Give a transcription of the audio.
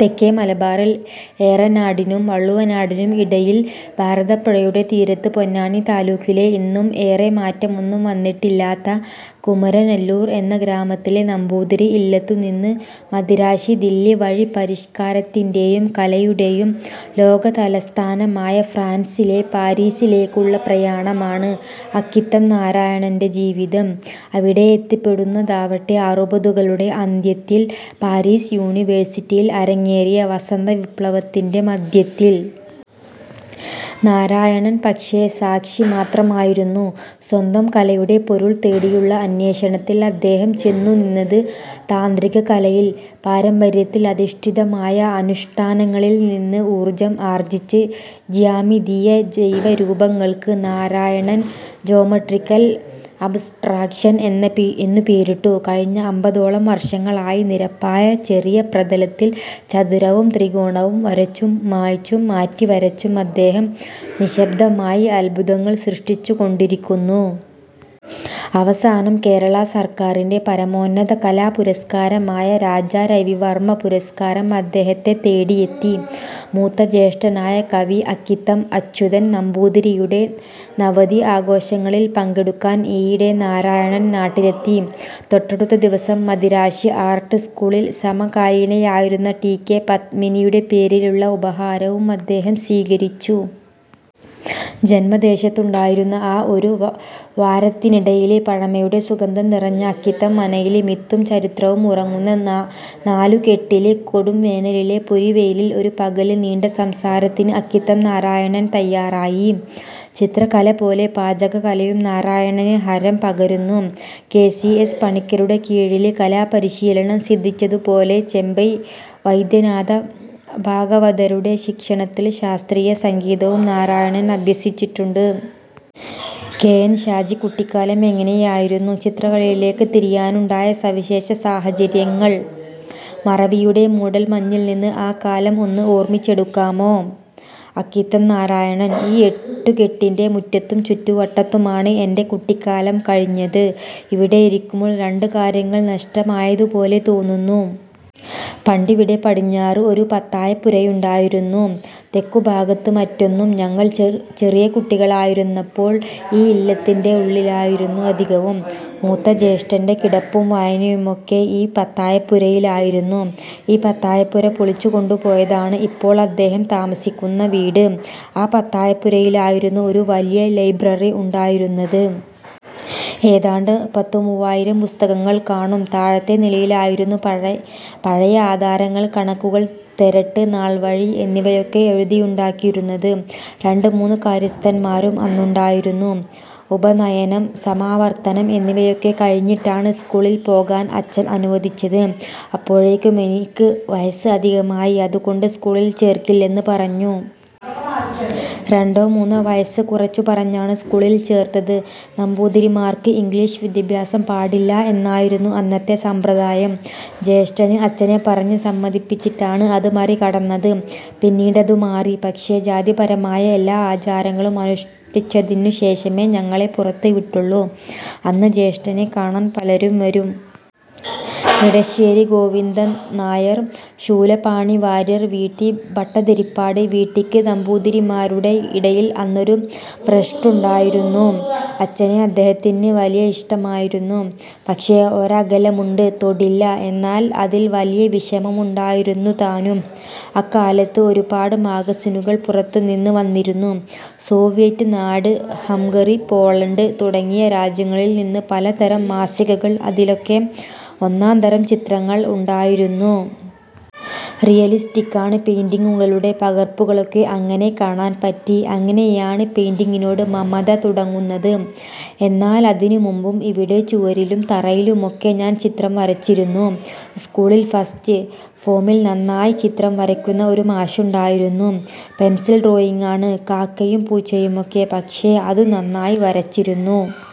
തെക്കേ മലബാറിൽ ഏറനാടിനും വള്ളുവനാടിനും ഇടയിൽ, ഭാരതപ്പുഴയുടെ തീരത്ത്, പൊന്നാനി താലൂക്കിലെ ഇന്നും ഏറെ മാറ്റമൊന്നും വന്നിട്ടില്ലാത്ത കുമരനല്ലൂർ എന്ന ഗ്രാമത്തിലെ നമ്പൂതിരി ഇല്ലത്തുനിന്ന് മദിരാശി, ദില്ലി വഴി പരിഷ്കാരത്തിന്റെയും കലയുടെയും ലോകതലസ്ഥാനമായ ഫ്രാൻസിലെ പാരീസിലേക്കുള്ള പ്രയാണമാണ് അക്കിത്തം നാരായണന്റെ ജീവിതം. അവിടെ എത്തിപ്പെടുന്നതാവട്ടെ അറുപതുകളുടെ അന്ത്യത്തിൽ, പാരീസ് യൂണിവേഴ്സിറ്റിയിൽ അരങ്ങേറിയ ' വസന്തവിപ്ലവ'ത്തിന്റെ മധ്യത്തിൽ. നാരായണൻ പക്ഷേ, സാക്ഷി മാത്രമായിരുന്നു. സ്വന്തം കലയുടെ പൊരുൾ തേടിയുള്ള അന്വേഷണത്തിൽ അദ്ദേഹം ചെന്നുനിന്നത് താന്ത്രിക കലയിൽ. പാരമ്പര്യത്തിൽ അധിഷ്ഠിതമായ അനുഷ്ഠാനങ്ങളിൽ നിന്ന് ഉർജ്ജം ആർജിച് ജ്യാമിതീയ ജൈവരൂപങ്ങൾക്ക് നാരായണൻ ' ജ്യോമട്രിക്കൽ അബ്സ്ട്രാക്ഷൻ 'എന്ന എന്നു പേരിട്ടു. കഴിഞ്ഞ അമ്പതോളം വർഷങ്ങളായി നിരപ്പായ ചെറിയ പ്രതലത്തിൽ, ചതുരവും ത്രികോണവും വരച്ചും മായ്ച്ചും മാറ്റിവരച്ചും അദ്ദേഹം നിശ്ശബ്ദമായി അദ്ഭുതങ്ങൾ സൃഷ്ടിച്ചുകൊണ്ടിരിക്കുന്നു. അവസാനം, കേരള സർക്കാരിന്റെ പരമോന്നത കലാപുരസ്കാരമായ രാജാ രവിവർമ്മ പുരസ്കാരം അദ്ദേഹത്തെ തേടിയെത്തി. മൂത്ത ജ്യേഷ്ഠനായ കവി അക്കിത്തം അച്യുതൻ നമ്പൂതിരിയുടെ നവതി ആഘോഷങ്ങളിൽ പങ്കെടുക്കാൻ ഈയിടെ നാരായണൻ നാട്ടിലെത്തി. തൊട്ടടുത്ത ദിവസം മദിരാശി ആർട്ട് സ്കൂളിൽ സമകാലീനയായിരുന്ന ടി. കെ. പത്മിനിയുടെ പേരിലുള്ള ഉപഹാരവും അദ്ദേഹം സ്വീകരിച്ചു. ജന്മദേശത്തുണ്ടായിരുന്ന ആ ഒരു വ വാരത്തിനിടയില്, പഴമയുടെ സുഗന്ധംനിറഞ്ഞ അക്കിത്തം മനയില് മിത്തും ചരിത്രവും ഉറങ്ങുന്ന ന നാലുകെട്ടില്, കൊടുംവേനലിലെ പൊരിവെയിലിൽ, ഒരു പകല് നീണ്ട സംസാരത്തിന് അക്കിത്തം നാരായണൻ തയ്യാറായി. ചിത്രകലപോലെ പാചകകലയും നാരായണന് ഹരം പകരുന്നു. കെ. സി. എസ്. പണിക്കരുടെ കീഴില് കലാപരിശീലനം സിദ്ധിച്ചതുപോലെ, ചെമ്പൈ വൈദ്യനാഥ ഭാഗവതരുടെ ശിക്ഷണത്തില് ശാസ്ത്രീയ സംഗീതവും നാരായണൻ അഭ്യസിച്ചിട്ടുണ്ട്. കെ. എൻ. ഷാജി: കുട്ടിക്കാലം എങ്ങനെയായിരുന്നു? ചിത്രകലയിലേക്ക് തിരിയാനുണ്ടായ സവിശേഷ സാഹചര്യങ്ങൾ? മറവിയുടെ മൂടൽ മഞ്ഞിൽ നിന്ന് ആ കാലം ഒന്ന് ഓർമിച്ചെടുക്കാമോ. അക്കിത്തം നാരായണൻ: ഈ എട്ടുകെട്ടിന്റെ മുറ്റത്തും ചുറ്റുവട്ടത്തുമാണ് എന്റെ കുട്ടിക്കാലം കഴിഞ്ഞത്. ഇവിടെ ഇരിക്കുമ്പോൾ, രണ്ടു കാര്യങ്ങൾ നഷ്ടമായതുപോലെ തോന്നുന്നു. പണ്ടിവിടെ പടിഞ്ഞാറ് ഒരു പത്തായപ്പുരയുണ്ടായിരുന്നു. തെക്കുഭാഗത്ത് മറ്റൊന്നും. ഞങ്ങൾ ചെ ചെറിയ കുട്ടികളായിരുന്നപ്പോൾ, ഈ ഇല്ലത്തിന്റെ ഉള്ളിലായിരുന്നു അധികവും. മൂത്ത ജ്യേഷ്ഠന്റെ കിടപ്പും വായനയുമൊക്കെ ഈ പത്തായപ്പുരയിലായിരുന്നു. ഈ പത്തായപ്പുര പൊളിച്ചുകൊണ്ടുപോയതാണ് ഇപ്പോൾ അദ്ദേഹം താമസിക്കുന്ന വീട്. ആ പത്തായപ്പുരയിലായിരുന്നു ഒരു വലിയ ലൈബ്രറി ഉണ്ടായിരുന്നത്. ഏതാണ്ട് പത്തുമൂവായിരം പുസ്തകങ്ങൾ കാണും. താഴത്തെ നിലയിലായിരുന്നു, പഴേ പഴയ ആധാരങ്ങൾ, കണക്കുകൾ, തെരട്ട്, നാൾവഴി എന്നിവയൊക്കെ എഴുതിയുണ്ടാക്കിയിരുന്നത്. രണ്ടുമൂന്ന് കാര്യസ്ഥന്മാരും അന്നുണ്ടായിരുന്നു. ഉപനയനം, സമാവർത്തനം എന്നിവയൊക്കെ കഴിഞ്ഞിട്ടാണ് സ്കൂളിൽ പോകാൻ അച്ഛൻ അനുവദിച്ചത്. അപ്പോഴേക്കും എനിക്ക് വയസ്സ് അധികമായി. അതുകൊണ്ട് സ്കൂളിൽ ചേർക്കില്ലെന്ന് പറഞ്ഞു. രണ്ടോ മൂന്നോ വയസ്സ് കുറച്ചുപറഞ്ഞാണ് സ്കൂളിൽ ചേർത്തത്. നമ്പൂതിരിമാർക്ക് ഇംഗ്ലീഷ് വിദ്യാഭ്യാസം പാടില്ല എന്നായിരുന്നു അന്നത്തെ സമ്പ്രദായം. ജ്യേഷ്ഠന് അച്ഛനെ പറഞ്ഞ് സമ്മതിപ്പിച്ചിട്ടാണ് അത് മറികടന്നത്. പിന്നീടതു മാറി. പക്ഷേ, ജാതിപരമായ എല്ലാ ആചാരങ്ങളും അനുഷ്ഠിച്ചതിനുശേഷമേ ഞങ്ങളെ പുറത്തുവിട്ടൊള്ളൂ. അന്ന് ജ്യേഷ്ഠനെ കാണാൻ പലരും വരും. Edasseri Govindan Nair, Soolapani Warrier, V. T. Bhattathiripad. V. ടി. ക്ക് നമ്പൂതിരിമാരുടെ ഇടയിൽ അന്നൊരു ഭ്രഷ്ടുണ്ടായിരുന്നു. അച്ഛനെ അദ്ദേഹത്തിന് വലിയ ഇഷ്ടമായിരുന്നു. പക്ഷേ, ഒരകലമുണ്ട്, തൊടില്ല. എന്നാൽ അതിൽ വലിയ വിഷമമുണ്ടായിരുന്നുതാനും. അക്കാലത്ത് ഒരുപാട് മാഗസിനുകൾ പുറത്തുനിന്നും വന്നിരുന്നു. സോവിയറ്റ് നാട്, ഹംഗറി, പോളണ്ട് തുടങ്ങിയ രാജ്യങ്ങളിൽ നിന്ന് പലതരം മാസികകൾ, അതിലൊക്കെ ഒന്നാന്തരം ചിത്രങ്ങൾ ഉണ്ടായിരുന്നു. റിയലിസ്റ്റിക്കാണ്. പെയിന്റിങ്ങുകളുടെ പകർപ്പുകളൊക്കെ അങ്ങനെ കാണാൻ പറ്റി. അങ്ങനെയാണ് പെയിന്റിങ്ങിനോട് മമത തുടങ്ങുന്നത്. എന്നാലതിനുമുമ്പും ഇവിടെ ചുവരിലും തറയിലുമൊക്കെ ഞാൻ ചിത്രം വരച്ചിരുന്നു. സ്കൂളിൽ, ഫസ്റ്റ് ഫോമിൽ നന്നായി ചിത്രം വരയ്ക്കുന്ന ഒരു മാഷുണ്ടായിരുന്നു. പെൻസിൽ ഡ്രോയിങ്ങാണ്, കാക്കയും പൂച്ചയുമൊക്കെ. പക്ഷേ, അതു നന്നായി വരച്ചിരുന്നു.